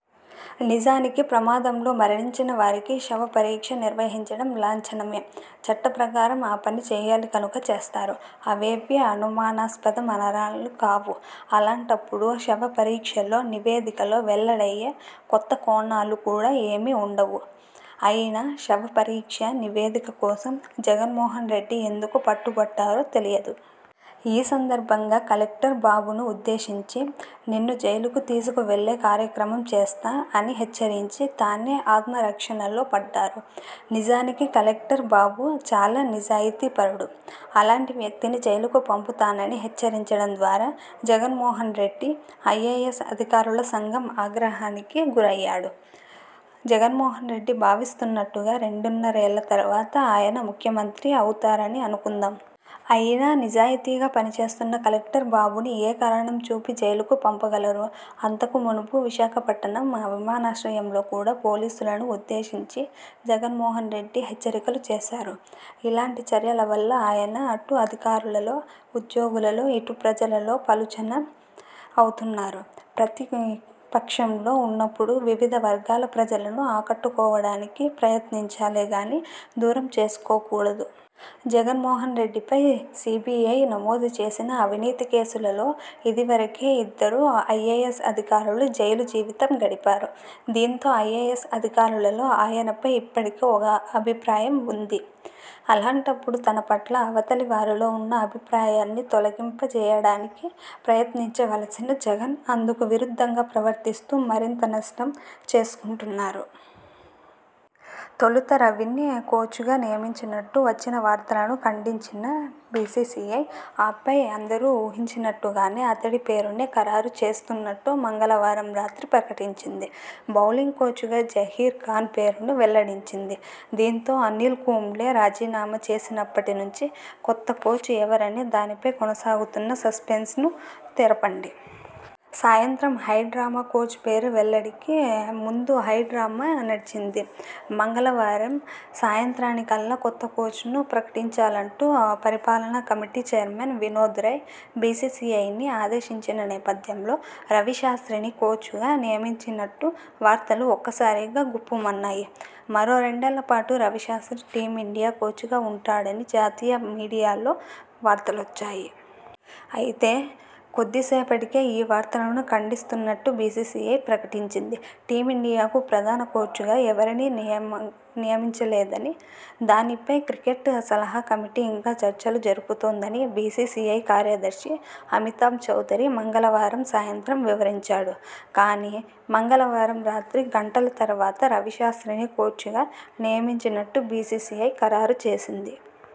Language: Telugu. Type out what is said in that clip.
నిజానికి ప్రమాదంలో మరణించినవారికి శవ పరీక్ష నిర్వహించడం లాంఛనమే! చట్ట ప్రకారం ఆ పని చేయాలి కనుక చేస్తారు. అవేవీ అనుమానాస్పద మరణాలు కావు. అలాంటప్పుడు శవ పరీక్ష నివేదికలో వెల్లడయ్యే కొత్త కోణాలు కూడా ఏమీ ఉండవు. అయినా శవ పరీక్ష నివేదిక కోసం జగన్మోహన్రెడ్డి ఎందుకు పట్టుబట్టారో తెలియదు. ఈ సందర్భంగా కలెక్టర్ బాబును ఉద్దేశించి 'నిన్ను జైలుకు తీసుకువెళ్లే కార్యక్రమం చేస్తా' అని హెచ్చరించి తానే ఆత్మరక్షణలో పడ్డారు. నిజానికి కలెక్టర్ బాబు చాలా నిజాయితీపరుడు. అలాంటి వ్యక్తిని జైలుకు పంపుతానని హెచ్చరించడం ద్వారా జగన్మోహన్రెడ్డి ఐఏఎస్ అధికారుల సంఘం ఆగ్రహానికి గురయ్యాడు జగన్మోహన్రెడ్డి భావిస్తున్నట్టుగా రెండున్నరేళ్ల తర్వాత ఆయన ముఖ్యమంత్రి అవుతారని అనుకుందాం! అయినా నిజాయితీగా పనిచేస్తున్న కలెక్టర్ బాబును ఏ కారణం చూపి జైలుకు పంపగలరు? అంతకు మునుపు విశాఖపట్టణం విమానాశ్రయంలో కూడా పోలీసులను ఉద్దేశించి జగన్మోహన్రెడ్డి హెచ్చరికలు చేశారు. ఇలాంటి చర్యల వల్ల ఆయన అటు అధికారులలో, ఉద్యోగులలో, ఇటు ప్రజలలో పలుచన అవుతున్నారు. ప్రతిపక్షంలో ఉన్నప్పుడు వివిధ వర్గాల ప్రజలను ఆకట్టుకోవడానికి ప్రయత్నించాలేదని దూరం చేసుకోకూడదు. జగన్మోహన్రెడ్డిపై సీబీఐ నమోదుచేసిన అవినీతి కేసులలో ఇదివరకే ఇద్దరు ఐఏఎస్ అధికారులు జైలు జీవితం గడిపారు. దీంతో ఐఏఎస్ అధికారులలో ఆయనపై ఇప్పటికే ఒక అభిప్రాయం ఉంది. అలాంటప్పుడు తనపట్ల అవతలి వారిలో ఉన్న అభిప్రాయాన్ని తొలగింపజేయడానికి ప్రయత్నించవలసిన జగన్ అందుకు విరుద్ధంగా ప్రవర్తిస్తూ మరింత నష్టం చేసుకుంటున్నారు. తొలుత రవిని కోచ్గా నియమించినట్టు వచ్చిన వార్తలను ఖండించిన బీసీసీఐ ఆపై అందరూ ఊహించినట్టుగానే అతడి పేరునే ఖరారు చేస్తున్నట్టు మంగళవారం రాత్రి ప్రకటించింది. బౌలింగ్ కోచ్గా జహీర్ ఖాన్ పేరును వెల్లడించింది. దీంతో అనిల్ కుంబ్లే రాజీనామా చేసినప్పటి నుంచి కొత్త కోచ్ ఎవరనే దానిపై కొనసాగుతున్న సస్పెన్స్కు తెరపడింది. సాయంత్రం హై డ్రామా కోచ్ పేరు వెల్లడికి ముందు హైడ్రామా నడిచింది. మంగళ వారం సాయంత్రానికల్లా కొత్త కోచ్ను ప్రకటించాలంటూ పరిపాలనా కమిటీ చైర్మన్ వినోద్ రాయ్ బీసీసీఐని ఆదేశించిన నేపథ్యంలో రవిశాస్ర్తిని కోచ్గా నియమించినట్టు వార్తలు ఒక్క సారిగా గుప్పుమన్నాయి. మరో రెండేళ్లపాటు రవిశాస్ర్తి టీమిం డియా కోచ్గా ఉంటాడని జాతీయ మీడియాలో వార్తలొచ్చాయి. అయితే కొద్దిసేపటికే ఈ వార్తలను ఖండిస్తున్నట్టు బీసీసీఐ ప్రకటించింది. టీమిండియాకు ప్రధాన కోచ్గా ఎవరినీ నియమిం చలేదని, దానిపై క్రికెట్ సలహా కమిటీ ఇంకా చర్చలు జరుపుతోందని బీసీసీఐ కార్యదర్శి అమితాబ్ చౌదరి మంగళ వారం సాయంత్రం వివరించాడు. కానీ మంగళవారం రాత్రి గంటల తర్వాత రవిశాస్ర్తినే కోచ్గా నియమించినట్టు బీసీసీఐ ఖరారు చేసింది.